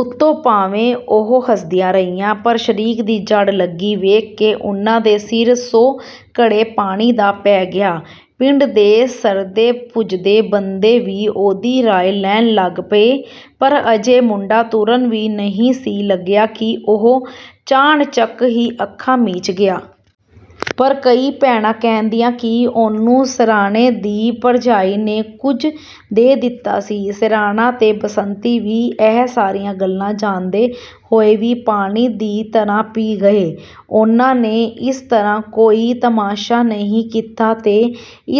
ਉਤੋਂ ਭਾਵੇਂ ਉਹ ਹੱਸਦੀਆਂ ਰਹੀਆਂ, ਪਰ ਸ਼ਰੀਕ ਦੀ ਜੜ੍ਹ ਲੱਗੀ ਵੇਖ ਕੇ ਉਹਨਾਂ ਦੇ ਸਿਰ ਸੌ ਘੜੇ ਪਾਣੀ ਦਾ ਪੈ ਗਿਆ। ਪਿੰਡ ਦੇ ਸਰਦੇ-ਪੁੱਜਦੇ ਬੰਦੇ ਵੀ ਉਹਦੀ ਰਾਏ ਲੈਣ ਲੱਗ ਪਏ। ਪਰ ਅਜੇ ਮੁੰਡਾ ਤੁਰਨ ਵੀ ਨਹੀਂ ਸੀ ਲੱਗਿਆ ਕਿ ਉਹ ਚਾਣਚੱਕ ਹੀ ਅੱਖਾਂ ਮੀਚ ਗਿਆ। ਪਰ ਕਈ ਭੈਣਾਂ ਕਹਿੰਦੀਆਂ ਕਿ ਉਹਨੂੰ ਸਰਾਣੇ ਦੀ ਭਰਜਾਈ ਨੇ ਕੁਝ ਦੇ ਦਿੱਤਾ ਸੀ। ਸਰਾਣਾ ਤੇ ਬਸੰਤੀ ਵੀ ਇਹ ਸਾਰੀਆਂ ਗੱਲਾਂ ਜਾਣਦੇ ਹੋਏ ਵੀ ਪਾਣੀ ਦੀ ਤਰ੍ਹਾਂ ਪੀ ਗਏ। ਉਹਨਾਂ ਨੇ ਇਸ ਤਰ੍ਹਾਂ ਕੋਈ ਤਮਾਸ਼ਾ ਨਹੀਂ ਕੀਤਾ ਤੇ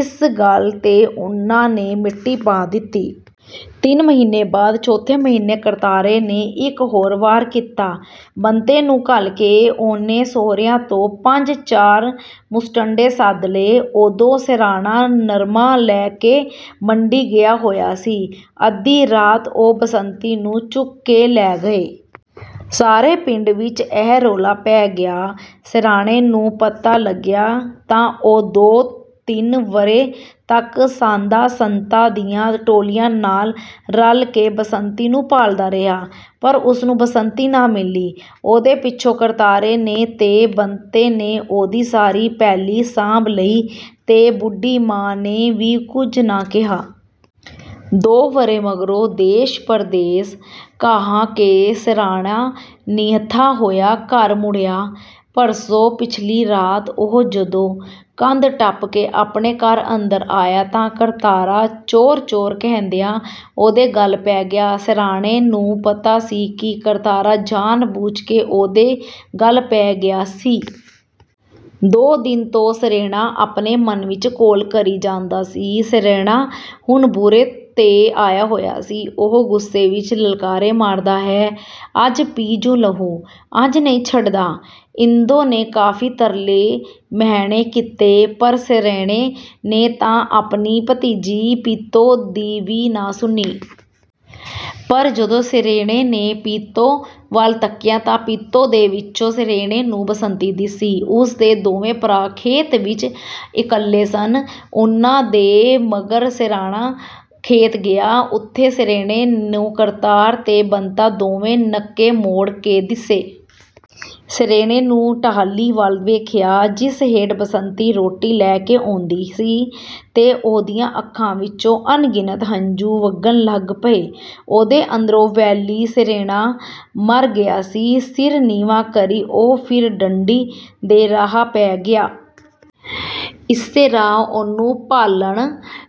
ਇਸ ਗੱਲ ਤੇ ਉਹਨਾਂ ਨੇ ਮਿੱਟੀ ਪਾ ਦਿੱਤੀ। ਤਿੰਨ ਮਹੀਨੇ ਬਾਅਦ, ਚੌਥੇ ਮਹੀਨੇ ਕਰਤਾਰੇ ਨੇ ਇੱਕ ਹੋਰ ਵਾਰ ਕੀਤਾ। ਬੰਤੇ ਨੂੰ ਘੱਲ ਕੇ ਉਹਨੇ ਸਹੁਰਿਆਂ ਤੋਂ ਪੰਜ-ਚਾਰ ਮੁਸ਼ਟੰਡੇ ਸੱਦ ਲਏ। ਉਦੋਂ ਸਰੈਣਾ ਨਰਮਾ ਲੈ ਕੇ ਮੰਡੀ ਗਿਆ ਹੋਇਆ ਸੀ। ਅੱਧੀ ਰਾਤ ਉਹ ਬਸੰਤੀ ਨੂੰ ਚੁੱਕ ਕੇ ਲੈ ਗਏ। ਸਾਰੇ ਪਿੰਡ ਵਿੱਚ ਇਹ ਰੌਲਾ ਪੈ ਗਿਆ। ਸਰੈਣੇ ਨੂੰ ਪਤਾ ਲੱਗਿਆ, ਤਾਂ ਉਹ ਦੋ-ਤਿੰਨ ਵਰ੍ਹੇ ਤੱਕ ਸਾਧਾਂ-ਸੰਤਾਂ ਦੀਆਂ ਟੋਲੀਆਂ ਨਾਲ ਰਲ ਕੇ ਬਸੰਤੀ ਨੂੰ ਭਾਲਦਾ ਰਿਹਾ। ਪਰ ਉਸਨੂੰ ਬਸੰਤੀ ਨਾ ਮਿਲੀ। ਉਹਦੇ ਪਿੱਛੋਂ ਕਰਤਾਰੇ ਨੇ ਤੇ ਬੰਤੇ ਨੇ ਉਹਦੀ ਸਾਰੀ ਪੈਲੀ ਸਾਂਭ ਲਈ ਤੇ ਬੁੱਢੀ ਮਾਂ ਨੇ ਵੀ ਕੁਝ ਨਾ ਕਿਹਾ। ਦੋ ਵਰ੍ਹੇ ਮਗਰੋਂ ਦੇਸ਼-ਪਰਦੇਸ ਘਾਹ ਕੇ ਸਰੈਣਾ ਨਿਹੱਥਾ ਹੋਇਆ ਘਰ ਮੁੜਿਆ। ਭਰਸੋਂ ਪਿਛਲੀ ਰਾਤ ਉਹ ਜਦੋਂ ਕੰਧ ਟੱਪ ਕੇ ਆਪਣੇ ਘਰ ਅੰਦਰ ਆਇਆ ਤਾਂ ਕਰਤਾਰਾ 'ਚੋਰ-ਚੋਰ' ਕਹਿੰਦਿਆਂ ਉਹਦੇ ਗੱਲ ਪੈ ਗਿਆ। ਸਰੈਣੇ ਨੂੰ ਪਤਾ ਸੀ ਕਿ ਕਰਤਾਰਾ ਜਾਣ-ਬੁੱਝ ਕੇ ਉਹਦੇ ਗੱਲ ਪੈ ਗਿਆ ਸੀ। ਦੋ ਦਿਨਾਂ ਤੋਂ ਸਰੈਣਾ ਆਪਣੇ ਮਨ ਵਿੱਚ ਘੋਲ ਕਰੀ ਜਾਂਦਾ ਸੀ। ਸਰੈਣਾ ਹੁਣ ਬੁਰੇ ਤੇ ਆਇਆ ਹੋਇਆ ਸੀ। ਉਹ ਗੁੱਸੇ ਵਿੱਚ ਲਲਕਾਰੇ ਮਾਰਦਾ ਹੈ, 'ਅੱਜ ਪੀ-ਜੂੰ ਲਹੂ, ਅੱਜ ਨ੍ਹੀਂ ਛੱਡਦਾ।' ਇੰਦੋ ਨੇ ਕਾਫ਼ੀ ਤਰਲੇ-ਮਿਹਣੇ ਕੀਤੇ, ਪਰ ਸਰੈਣੇ ਨੇ ਤਾਂ ਆਪਣੀ ਭਤੀਜੀ ਪੀਤੋ ਦੀ ਵੀ ਨਾ ਸੁਣੀ। ਪਰ ਜਦੋਂ ਸਰੈਣੇ ਨੇ ਪੀਤੋ ਵੱਲ ਤੱਕਿਆ ਤਾਂ ਪੀਤੋ ਦੇ ਵਿੱਚੋਂ ਸਰੈਣੇ ਨੂੰ ਬਸੰਤੀ ਦਿਸੀ। ਉਸਦੇ ਦੋਵੇਂ ਭਰਾ ਖੇਤ ਵਿੱਚ ਇਕੱਲੇ ਸਨ। ਉਹਨਾਂ ਦੇ ਮਗਰ ਸਰੈਣਾ ਖੇਤ ਗਿਆ। ਉੱਥੇ ਸਰੈਣੇ ਨੂੰ ਕਰਤਾਰ ਤੇ ਬੰਤਾ ਦੋਵੇਂ ਨੱਕੇ ਮੋੜ ਕੇ ਦਿੱਸੇ। ਸਰੈਣੇ ਨੇ ਟਾਹਲੀ ਵੱਲ ਵੇਖਿਆ, ਜਿਸ ਹੇਠ ਬਸੰਤੀ ਰੋਟੀ ਲੈ ਕੇ ਆਉਂਦੀ ਸੀ। ਤੇ ਉਹਦੀਆਂ ਅੱਖਾਂ ਵਿੱਚੋਂ ਅਣਗਿਣਤ ਹੰਝੂ ਵਗਣ ਲੱਗ ਪਏ। ਉਹਦੇ ਅੰਦਰੋਂ ਵੈਲੀ ਸਰੈਣਾ ਮਰ ਗਿਆ ਸੀ। ਸਿਰ ਨੀਵਾਂ ਕਰੀ ਉਹ ਫਿਰ ਡੰਡੀ ਦੇ ਰਾਹ ਪੈ ਗਿਆ। ਇਸੇ ਰਾਹ ਉਹਨੂੰ ਭਾਲਣ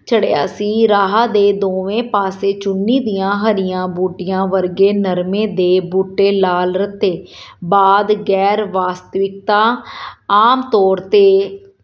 ਚੜ੍ਹਿਆ ਸੀ। ਰਾਹ ਦੇ ਦੋਵੇਂ ਪਾਸੇ ਚੁੰਨੀ ਦੀਆਂ ਹਰੀਆਂ ਬੂਟੀਆਂ ਵਰਗੇ ਨਰਮੇ ਦੇ ਬੂਟੇ ਲਾਲ-ਰੱਤੇ। ਬਾਦ, ਗੈਰ-ਵਾਸਤਵਿਕਤਾ, ਆਮਤੌਰ ਤੇ